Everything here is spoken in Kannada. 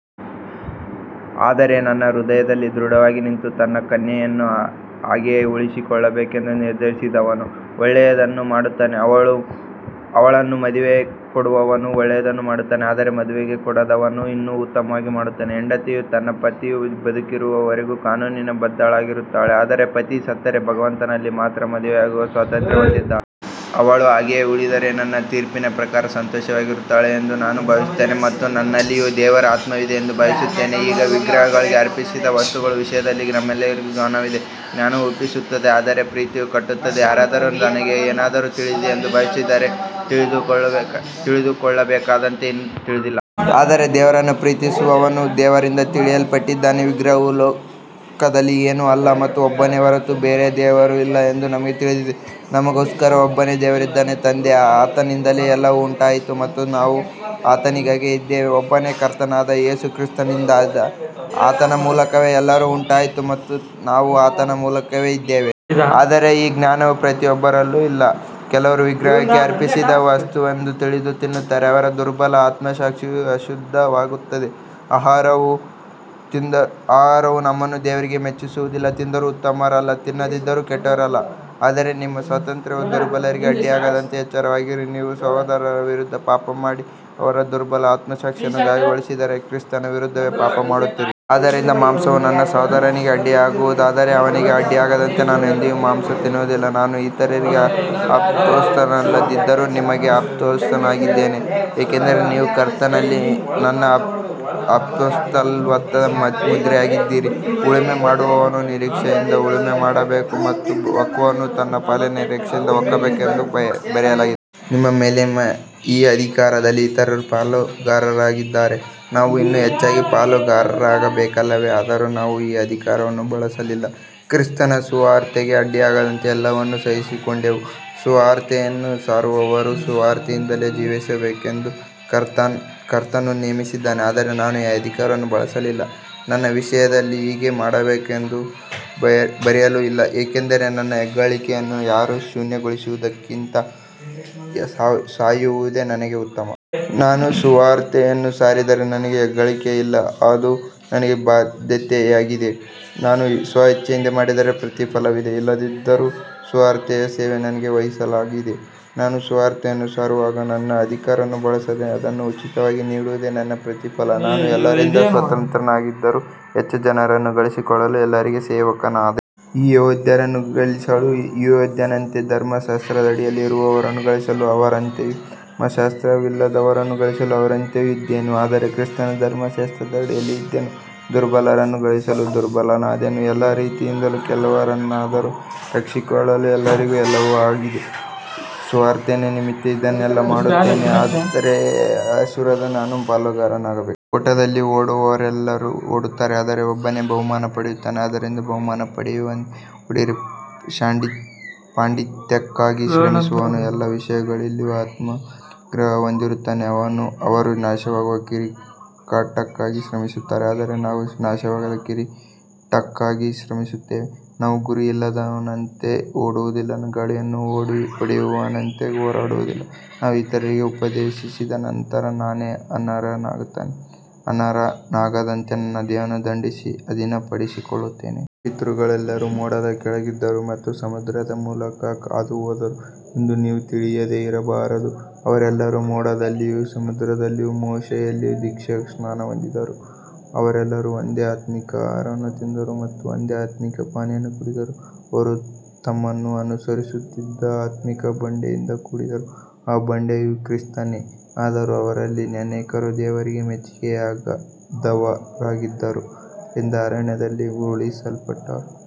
ಆದರೆ ತನ್ನ ಹೃದಯದಲ್ಲಿ ದೃಢವಾಗಿ ನಿಂತು ತನ್ನ ಕನ್ಯೆಯನ್ನು ಹಾಗೆಯೇ ಉಳಿಸಿಕೊಳ್ಳಬೇಕೆಂದು ನಿರ್ಧರಿಸಿದವನು ಒಳ್ಳೆಯದನ್ನು ಮಾಡುತ್ತಾನೆ. ಅವಳನ್ನು ಮದುವೆಗೆ ಕೊಡುವವನು ಒಳ್ಳೆಯದನ್ನು ಮಾಡುತ್ತಾನೆ, ಆದರೆ ಮದುವೆಗೆ ಕೊಡದವನು ಇನ್ನೂ ಉತ್ತಮವಾಗಿ ಮಾಡುತ್ತಾನೆ. ಹೆಂಡತಿಯು ತನ್ನ ಪತಿಯು ಬದುಕಿರುವವರೆಗೂ ಕಾನೂನಿಗೆ ಬದ್ಧಳಾಗಿರುತ್ತಾಳೆ, ಆದರೆ ಪತಿ ಸತ್ತರೆ ಭಗವಂತನಲ್ಲಿ ಮಾತ್ರ ಮದುವೆಯಾಗುವ ಸ್ವಾತಂತ್ರ್ಯ ಹೊಂದಿದ್ದಾಳೆ. ಅವಳು ಹಾಗೆಯೇ ಉಳಿದರೆ ನನ್ನ ತೀರ್ಪಿನ ಪ್ರಕಾರ ಸಂತೋಷವಾಗಿರುತ್ತಾಳೆ ಎಂದು ನಾನು ಭಾವಿಸುತ್ತೇನೆ, ಮತ್ತು ನನ್ನಲ್ಲಿಯೂ ದೇವರ ಆತ್ಮವಿದೆ ಎಂದು ಭಾವಿಸುತ್ತೇನೆ. ಈಗ ವಿಗ್ರಹಗಳಿಗೆ ಅರ್ಪಿಸಿದ ವಸ್ತುಗಳ ವಿಷಯದಲ್ಲಿ ನಮಗೆಲ್ಲರಿಗೂ ಜ್ಞಾನವಿದೆ. ಜ್ಞಾನವು ಉಬ್ಬಿಸುತ್ತದೆ, ಆದರೆ ಪ್ರೀತಿಯು ಕಟ್ಟುತ್ತದೆ. ಯಾರಾದರೂ ತನಗೆ ಏನಾದರೂ ತಿಳಿದಿದೆ ಎಂದು ಭಾವಿಸಿದರೆ, ತಿಳಿದುಕೊಳ್ಳಬೇಕಾದಂತೆ ಇನ್ನೂ ತಿಳಿದಿಲ್ಲ. ಆದರೆ ದೇವರನ್ನು ಪ್ರೀತಿಸುವವನು ದೇವರಿಂದ ತಿಳಿಯಲ್ಪಟ್ಟಿದ್ದಾನೆ. ವಿಗ್ರಹವು ಲೋಕದಲ್ಲಿ ಏನೂ ಅಲ್ಲ ಮತ್ತು ಒಬ್ಬನೇ ಹೊರತು ಬೇರೆ ದೇವರು ಇಲ್ಲ ಎಂದು ನಮಗೆ ತಿಳಿದಿದೆ. ನಮಗೋಸ್ಕರ ಒಬ್ಬನೇ ದೇವರಿದ್ದಾನೆ, ತಂದೆ, ಆತನಿಂದಲೇ ಎಲ್ಲವೂ ಉಂಟಾಯಿತು ಮತ್ತು ನಾವು ಆತನಿಗಾಗಿಯೇ ಇದ್ದೇವೆ. ಒಬ್ಬನೇ ಕರ್ತನಾದ ಯೇಸು ಕ್ರಿಸ್ತನಿದ್ದಾನೆ, ಆತನ ಮೂಲಕವೇ ಎಲ್ಲವೂ ಉಂಟಾಯಿತು ಮತ್ತು ನಾವು ಆತನ ಮೂಲಕವೇ ಇದ್ದೇವೆ. ಆದರೆ ಈ ಜ್ಞಾನವು ಪ್ರತಿಯೊಬ್ಬರಲ್ಲೂ ಇಲ್ಲ. ಕೆಲವರು ವಿಗ್ರಹಕ್ಕೆ ಅರ್ಪಿಸಿದ ವಸ್ತುವೆಂದು ತಿಳಿದು ತಿನ್ನುತ್ತಾರೆ, ಅವರ ದುರ್ಬಲ ಆತ್ಮಸಾಕ್ಷಿಯು ಅಶುದ್ಧವಾಗುತ್ತದೆ. ಆಹಾರವು ನಮ್ಮನ್ನು ದೇವರಿಗೆ ಮೆಚ್ಚಿಸುವುದಿಲ್ಲ, ತಿಂದರೂ ಉತ್ತಮರಲ್ಲ, ತಿನ್ನದಿದ್ದರೂ ಕೆಟ್ಟವರಲ್ಲ. ಆದರೆ ನಿಮ್ಮ ಸ್ವಾತಂತ್ರ್ಯವು ದುರ್ಬಲರಿಗೆ ಅಡ್ಡಿಯಾಗದಂತೆ ಎಚ್ಚರವಾಗಿರಿ. ನೀವು ಸಹೋದರನ ವಿರುದ್ಧ ಪಾಪಮಾಡಿ ಅವನ ದುರ್ಬಲ ಆತ್ಮಸಾಕ್ಷಿಯನ್ನು ಗಾಯಗೊಳಿಸಿದರೆ ಕ್ರಿಸ್ತನ ವಿರುದ್ಧವೇ ಪಾಪಮಾಡುತ್ತೀರಿ. ಆದ್ದರಿಂದ ಮಾಂಸವು ನನ್ನ ಸಹೋದರನಿಗೆ ಅಡ್ಡಿಯಾಗುವುದಾದರೆ, ಅವನಿಗೆ ಅಡ್ಡಿಯಾಗದಂತೆ ನಾನು ಎಂದಿಗೂ ಮಾಂಸ ತಿನ್ನುವುದಿಲ್ಲ. ನಾನು ಇತರರಿಗೆ ಅಪೊಸ್ತಲನಲ್ಲದಿದ್ದರೂ ನಿಮಗೆ ಅಪೊಸ್ತಲನಾಗಿದ್ದೇನೆ, ಏಕೆಂದರೆ ನೀವು ಕರ್ತನಲ್ಲಿ ನನ್ನ ಅಪೊಸ್ತಲತ್ವದ ಮುದ್ರೆಯಾಗಿದ್ದೀರಿ. ಉಳುಮೆ ಮಾಡುವವನು ನಿರೀಕ್ಷೆಯಿಂದ ಉಳುಮೆ ಮಾಡಬೇಕು ಮತ್ತು ಒಕ್ಕುವವನು ತನ್ನ ಪಾಲಿನ ನಿರೀಕ್ಷೆಯಿಂದ ಒಕ್ಕಬೇಕು ಎಂದು ಬರೆಯಲಾಗಿದೆ. ನಿಮ್ಮ ಮೇಲಿನ ಈ ಅಧಿಕಾರದಲ್ಲಿ ಇತರರು ಪಾಲುಗಾರರಾಗಿದ್ದರೆ ನಾವು ಇನ್ನೂ ಹೆಚ್ಚಾಗಿ ಪಾಲುಗಾರರಾಗಬೇಕಲ್ಲವೇ. ಆದರೂ ನಾವು ಈ ಅಧಿಕಾರವನ್ನು ಬಳಸಲಿಲ್ಲ, ಕ್ರಿಸ್ತನ ಸುವಾರ್ತೆಗೆ ಅಡ್ಡಿಯಾಗದಂತೆ ಎಲ್ಲವನ್ನೂ ಸಹಿಸಿಕೊಂಡೆವು. ಸುವಾರ್ತೆಯನ್ನು ಸಾರುವವರು ಸುವಾರ್ತೆಯಿಂದಲೇ ಜೀವಿಸಬೇಕೆಂದು ಕರ್ತನು ನೇಮಿಸಿದ್ದಾನೆ. ಆದರೆ ನಾನು ಈ ಅಧಿಕಾರವನ್ನು ಬಳಸಲಿಲ್ಲ, ನನ್ನ ವಿಷಯದಲ್ಲಿ ಹೀಗೆ ಮಾಡಬೇಕೆಂದು ಬರೆಯಲೂ ಇಲ್ಲ, ಏಕೆಂದರೆ ನನ್ನ ಹೆಗ್ಗಳಿಕೆಯನ್ನು ಯಾರೂ ಶೂನ್ಯಗೊಳಿಸುವುದಕ್ಕಿಂತ ಸಾಯುವುದೇ ನನಗೆ ಉತ್ತಮ. ನಾನು ಸುವಾರ್ತೆಯನ್ನು ಸಾರಿದರೆ ನನಗೆ ಹೆಗ್ಗಳಿಕೆಯಿಲ್ಲ, ಅದು ನನಗೆ ಬಾಧ್ಯತೆಯಾಗಿದೆ. ನಾನು ಸ್ವಇಚ್ಛೆಯಿಂದ ಮಾಡಿದರೆ ಪ್ರತಿಫಲವಿದೆ, ಇಲ್ಲದಿದ್ದರೂ ಸುವಾರ್ತೆಯ ಸೇವೆ ನನಗೆ ವಹಿಸಲಾಗಿದೆ. ನಾನು ಸುವಾರ್ತೆಯನ್ನು ಸಾರುವಾಗ ನನ್ನ ಅಧಿಕಾರವನ್ನು ಬಳಸದೆ ಅದನ್ನು ಉಚಿತವಾಗಿ ನೀಡುವುದೇ ನನ್ನ ಪ್ರತಿಫಲ. ನಾನು ಎಲ್ಲರಿಂದ ಸ್ವತಂತ್ರನಾಗಿದ್ದರೂ ಹೆಚ್ಚು ಜನರನ್ನು ಗಳಿಸಿಕೊಳ್ಳಲು ಎಲ್ಲರಿಗೂ ಸೇವಕನಾದೆ. ಯೆಹೂದ್ಯರನ್ನು ಗಳಿಸಲು ಯೆಹೂದ್ಯನಂತೆ, ಧರ್ಮಶಾಸ್ತ್ರದ ಅಡಿಯಲ್ಲಿ ಇರುವವರನ್ನು ಗಳಿಸಲು ಅವರಂತೆಯೂ, ಧರ್ಮಶಾಸ್ತ್ರವಿಲ್ಲದವರನ್ನು ಗಳಿಸಲು ಅವರಂತೆಯೂ ಇದ್ದೆನು, ಆದರೆ ಕ್ರಿಸ್ತನ ಧರ್ಮಶಾಸ್ತ್ರದ ಅಡಿಯಲ್ಲಿ ಇದ್ದೆನು. ದುರ್ಬಲರನ್ನು ಗಳಿಸಲು ದುರ್ಬಲನಾದೆನು. ಎಲ್ಲ ರೀತಿಯಿಂದಲೂ ಕೆಲವರನ್ನಾದರೂ ರಕ್ಷಿಸಿಕೊಳ್ಳಲು ಎಲ್ಲರಿಗೂ ಎಲ್ಲವೂ ಆಗಿದ್ದೇನೆ. ಸುವಾರ್ತೆಯ ನಿಮಿತ್ತ ಇದನ್ನೆಲ್ಲ ಮಾಡುತ್ತೇನೆ, ಅದರ ಆಶೀರ್ವಾದದಲ್ಲಿ ನಾನೂ ಪಾಲುಗಾರನಾಗಬೇಕೆಂದು. ಓಟದಲ್ಲಿ ಓಡುವವರೆಲ್ಲರೂ ಓಡುತ್ತಾರೆ, ಆದರೆ ಒಬ್ಬನೇ ಬಹುಮಾನ ಪಡೆಯುತ್ತಾನೆ. ಆದ್ದರಿಂದ ಬಹುಮಾನ ಪಡೆಯುವಂತೆ ಓಡಿರಿ. ಪಾಂಡಿತ್ಯಕ್ಕಾಗಿ ಶ್ರಮಿಸುವವನು ಎಲ್ಲ ವಿಷಯಗಳಲ್ಲಿಯೂ ಆತ್ಮನಿಗ್ರಹ ಹೊಂದಿರುತ್ತಾನೆ. ಅವರು ನಾಶವಾಗುವ ಕಿರೀಟಕ್ಕಾಗಿ ಶ್ರಮಿಸುತ್ತಾರೆ, ಆದರೆ ನಾವು ನಾಶವಾಗದ ಕಿರೀಟಕ್ಕಾಗಿ ಶ್ರಮಿಸುತ್ತೇವೆ. ನಾನು ಗುರಿಯಿಲ್ಲದವನಂತೆ ಓಡುವುದಿಲ್ಲ, ಗಾಳಿಯನ್ನು ಹೊಡೆಯುವವನಂತೆ ಹೋರಾಡುವುದಿಲ್ಲ. ನಾನು ಇತರರಿಗೆ ಉಪದೇಶಿಸಿದ ನಂತರ ನಾನೇ ಅನರ್ಹನಾಗದಂತೆ ನನ್ನ ದೇಹವನ್ನು ದಂಡಿಸಿ ಅಧೀನಪಡಿಸಿಕೊಳ್ಳುತ್ತೇನೆ. ನಮ್ಮ ಪಿತೃಗಳೆಲ್ಲರೂ ಮೋಡದ ಕೆಳಗಿದ್ದರು ಮತ್ತು ಸಮುದ್ರದ ಮೂಲಕ ಹಾದುಹೋದರು ಎಂದು ನೀವು ತಿಳಿಯದೆ ಇರಬಾರದು. ಅವರೆಲ್ಲರೂ ಮೋಡದಲ್ಲಿಯೂ ಸಮುದ್ರದಲ್ಲಿಯೂ ಮೋಶೆಯಲ್ಲಿ ದೀಕ್ಷಾಸ್ನಾನ ಹೊಂದಿದರು. ಅವರೆಲ್ಲರೂ ಒಂದೇ ಆತ್ಮಿಕ ಆಹಾರವನ್ನು ತಿಂದರು ಮತ್ತು ಒಂದೇ ಆತ್ಮಿಕ ಪಾನೀಯವನ್ನು ಕುಡಿದರು. ಅವರು ತಮ್ಮನ್ನು ಅನುಸರಿಸುತ್ತಿದ್ದ ಆತ್ಮಿಕ ಬಂಡೆಯಿಂದ ಕುಡಿದರು, ಆ ಬಂಡೆಯು ಕ್ರಿಸ್ತನೇ. ಆದರೂ ಅವರಲ್ಲಿ ಅನೇಕರು ದೇವರಿಗೆ ಮೆಚ್ಚಿಕೆಯಾಗದವರಾಗಿದ್ದರು, ಆದ್ದರಿಂದ ಅರಣ್ಯದಲ್ಲಿ ಉರುಳಿಸಲ್ಪಟ್ಟರು.